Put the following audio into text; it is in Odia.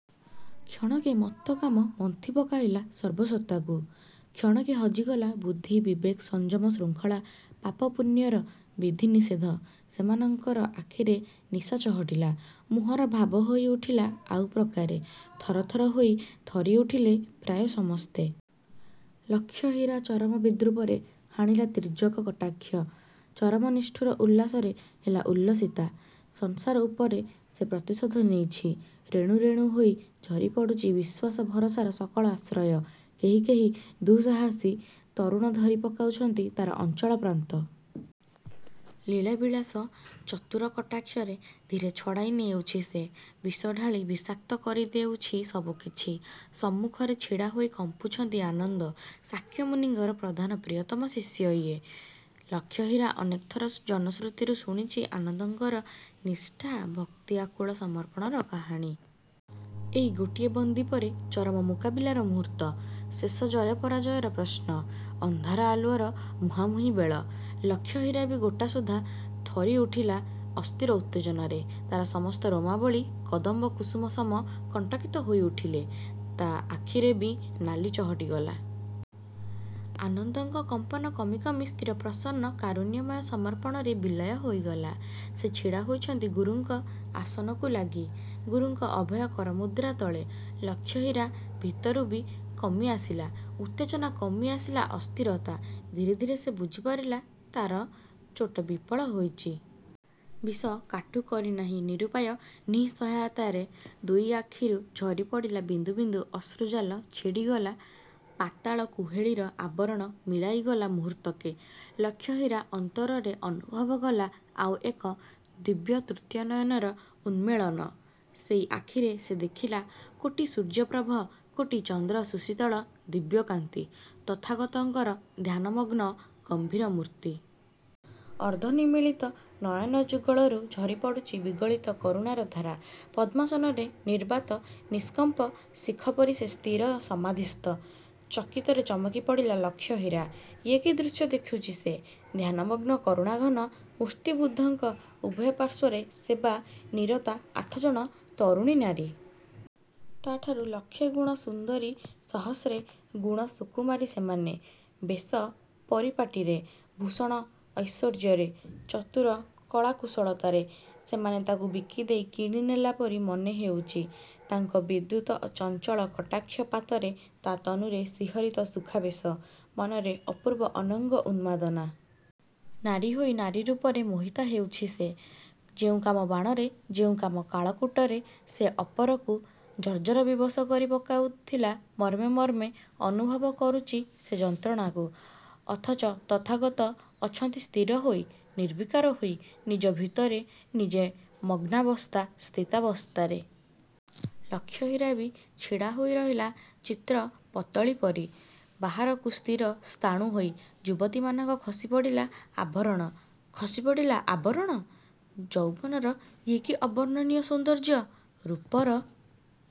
କ୍ଷଣକେ ମତ୍ତ କାମ ମନ୍ଥି ପକାଇଲା ସର୍ବ ସତ୍ତାକୁ। କ୍ଷଣକେ ହଜିଗଲା ବୁଦ୍ଧି ବିବେକ ସଂଯମ ଶୃଙ୍ଖଳା, ପାପ ପୁଣ୍ୟର ବିଧି ନିଷେଧ। ସେମାନଙ୍କର ଆଖିରେ ନିଶାଚହଟିଲା। ମୁହଁର ଭାବ ହୋଇ ଉଠିଲା ଆଉ ପ୍ରକାରେ। ଥର ଥର ହୋଇ ଥରି ଉଠିଲେ ପ୍ରାୟ ସମସ୍ତେ। ଲକ୍ଷହୀରା ଚରମ ବିଦୃପରେ ହାଣିଲା ତିର୍ଯ୍ୟକ କଟାକ୍ଷ। ଚରମ ନିଷ୍ଠୁର ଉଲ୍ଲାସରେ ହେଲା ଉଲ୍ଲସିତା। ସଂସାର ଉପରେ ସେ ପ୍ରତିଶୋଧ ନେଇଛି। ରେଣୁ ରେଣୁ ହୋଇ ଝରି ପଡ଼ୁଚି ବିଶ୍ୱାସ ଭରସାର ସକଳ ଆଶ୍ରୟ। କେହି କେହି ଦୁଃସାହସୀ ତରୁଣ ଧରି ପକାଉଛନ୍ତି ତା'ର ଅଞ୍ଚଳ ପ୍ରାନ୍ତ। ଲୀଳା ବିଳାସ ଚତୁର କଟାକ୍ଷରେ ଧୀରେ ଛଡ଼ାଇ ନେଉଛି ସେ। ବିଷ ଢାଳି ବିଷାକ୍ତ କରି ଦେଉଛି ସବୁକିଛି। ସମ୍ମୁଖରେ ଛିଡ଼ା ହୋଇ କମ୍ପୁଛନ୍ତି ଆନନ୍ଦ– ଶାକ୍ୟ ମୁନିଙ୍କର ପ୍ରଧାନ ପ୍ରିୟତମ ଶିଶ୍ୟ ୟେ। ଲକ୍ଷହୀରା ଅନେକଥର ଜନଶ୍ରୁତିରୁ ଶୁଣିଚି ଆନନ୍ଦଙ୍କର ନିଷ୍ଠା, ଭକ୍ତି ଆକୁଳ ସମର୍ପଣର କାହାଣୀ। ଏଇ ଗୋଟିଏ ବନ୍ଦୀ ପରେ ଚରମ ମୁକାବିଲାର ମୁହୂର୍ତ୍ତ। ଶେଷ ଜୟ ପରାଜୟର ପ୍ରଶ୍ନ-। ଅନ୍ଧାର ଆଲୁଅର ମୁହାଁମୁହିଁ ବେଳ। ଲକ୍ଷହୀରା ବି ଗୋଟା ସୁଦ୍ଧା ଥରି ଉଠିଲା ଅସ୍ଥିର ଉତ୍ତେଜନାରେ। ତା'ର ସମସ୍ତ ରୋମାବଳୀ କଦମ୍ବ କୁସୁମ ସମ କଣ୍ଟକିତ ହୋଇ ଉଠିଲେ। ତା' ଆଖିରେ ବି ନାଲି ଚହଟି ଗଲା। ଆନନ୍ଦଙ୍କ କମ୍ପନ କମି କମି ସ୍ଥିର ପ୍ରସନ୍ନ କାରୁଣ୍ୟମୟ ସମର୍ପଣରେ ବିଲୟ ହୋଇଗଲା-। ସେ ଛିଡ଼ା ହୋଇଛନ୍ତି ଗୁରୁଙ୍କ ଆସନକୁ ଲାଗି, ଗୁରୁଙ୍କ ଅଭୟ କରମୁଦ୍ରା ତଳେ। ଲକ୍ଷହୀରା ଭିତରୁ ବି କମି ଆସିଲା ଉତ୍ତେଜନା କମି ଆସିଲା ଅସ୍ଥିରତା। ଧୀରେ ଧୀରେ ସେ ବୁଝିପାରିଲା ତା'ର ଚୋଟ ବିଫଳ ହୋଇଚି। ବିଷ କାଟୁ କରି ନାହିଁ। ନିରୂପାୟ ନିଃସହାୟତାରେ ଦୁଇ ଆଖିରୁ ଝରି ପଡ଼ିଲା ବିନ୍ଦୁ ବିନ୍ଦୁ ଅଶ୍ରୁ ଜାଲ ଛିଡ଼ିଗଲା... ପାତଳ କୁହେଳିର ଆବରଣ ମିଳାଇଗଲା ମୁହୂର୍ତ୍ତକେ। ଲକ୍ଷହୀରା ଅନ୍ତରରେ ଅନୁଭବ କଲା ଆଉ ଏକ ଦିବ୍ୟ ତୃତୀୟ ନୟନର ଉନ୍ମେଳନ। ସେଇ ଆଖିରେ ସେ ଦେଖିଲା କୋଟି ସୂର୍ଯ୍ୟପ୍ରଭ କୋଟି ଚନ୍ଦ୍ରସୁଶୀତଳ ଦିବ୍ୟ କାନ୍ତି–ତଥାଗତଙ୍କର ଧ୍ୟାନ ମଗ୍ନ ଗମ୍ଭୀର ମୂର୍ତ୍ତି। ଅର୍ଦ୍ଧ ନିମୀଳିତ ନୟନ ଯୁଗଳରୁ ଝରି ପଡ଼ୁଚି ବିଗଳିତ କରୁଣାର ଧାରା। ପଦ୍ମାସନରେ ନିର୍ବାତ ନିଷ୍କମ୍ପ ଶିଖ ପରି ସେ ସ୍ଥିର ସମାଧିସ୍ଥ। ଚକିତରେ ଚମକି ପଡ଼ିଲା ଲକ୍ଷହୀରା। ୟେ କି ଦୃଶ୍ୟ ଦେଖୁଚି ସେ! ଧ୍ୟାନମଗ୍ନ କରୁଣାଘନ–ମୂର୍ତ୍ତି ବୁଦ୍ଧଙ୍କ ଉଭୟ ପାର୍ଶ୍ୱରେ ସେବା-ନିରତା ଆଠଜଣ ତରୁଣୀ ନାରୀ। ତା'ଠାରୁ ଲକ୍ଷେଗୁଣ ସୁନ୍ଦରୀ ସହସ୍ରେ ଗୁଣ ସୁକୁମାରୀ ସେମାନେ। ବେଶ ପରିପାଟିରେ, ଭୂଷଣ ଐଶ୍ୱର୍ଯ୍ୟରେ, ଚତୁର କଳା କୁଶଳତାରେ ସେମାନେ ତାକୁ ବିକିଦେଇ କିଣିନେଲା ପରି ମନେ ହେଉଚି। ତାଙ୍କ ବିଦ୍ୟୁତ ଚଞ୍ଚଳ କଟାକ୍ଷ ପାତରେ, ତା' ତନୁରେ ଶିହରୀତ ସୁଖାବେଶ, ମନରେ ଅପୂର୍ବ ଅନଙ୍ଗ ଉନ୍ମାଦନା। ନାରୀ ହୋଇ ନାରୀ ରୂପରେ ମୋହିତା ହେଉଛି ସେ। ଯେଉଁ କାମ ବାଣରେ, ଯେଉଁ କାମ କାଳକୂଟରେ ସେ ଅପରକୁ ଜର୍ଜର ବିବସ କରି ପକାଉଥିଲା ମର୍ମେ ମର୍ମେ ଅନୁଭବ କରୁଚି ସେ ଯନ୍ତ୍ରଣାକୁ। ଅଥଚ ତଥାଗତ ଅଛନ୍ତି ସ୍ଥିର ହୋଇ, ନିର୍ବିକାର ହୋଇ, ନିଜ ଭିତରେ ନିଜେ ମଗ୍ନାବସ୍ଥା ସ୍ଥିତାବସ୍ଥାରେ। ଲକ୍ଷହୀରା ବି ଛିଡ଼ା ହୋଇ ରହିଲା ଚିତ୍ର-ପତ୍ତଳୀପରି ବାହାରକୁ ସ୍ଥିର ସ୍ଥାଣୁ ହୋଇ। ଯୁବତୀମାନଙ୍କ ଖସି ପଡ଼ିଲା ଆଭରଣ ଖସି ପଡ଼ିଲା ଆବରଣ। ଯୌବନର ୟେ କି ଅବର୍ଣ୍ଣନୀୟ ସୌନ୍ଦର୍ଯ୍ୟ? ରୂପର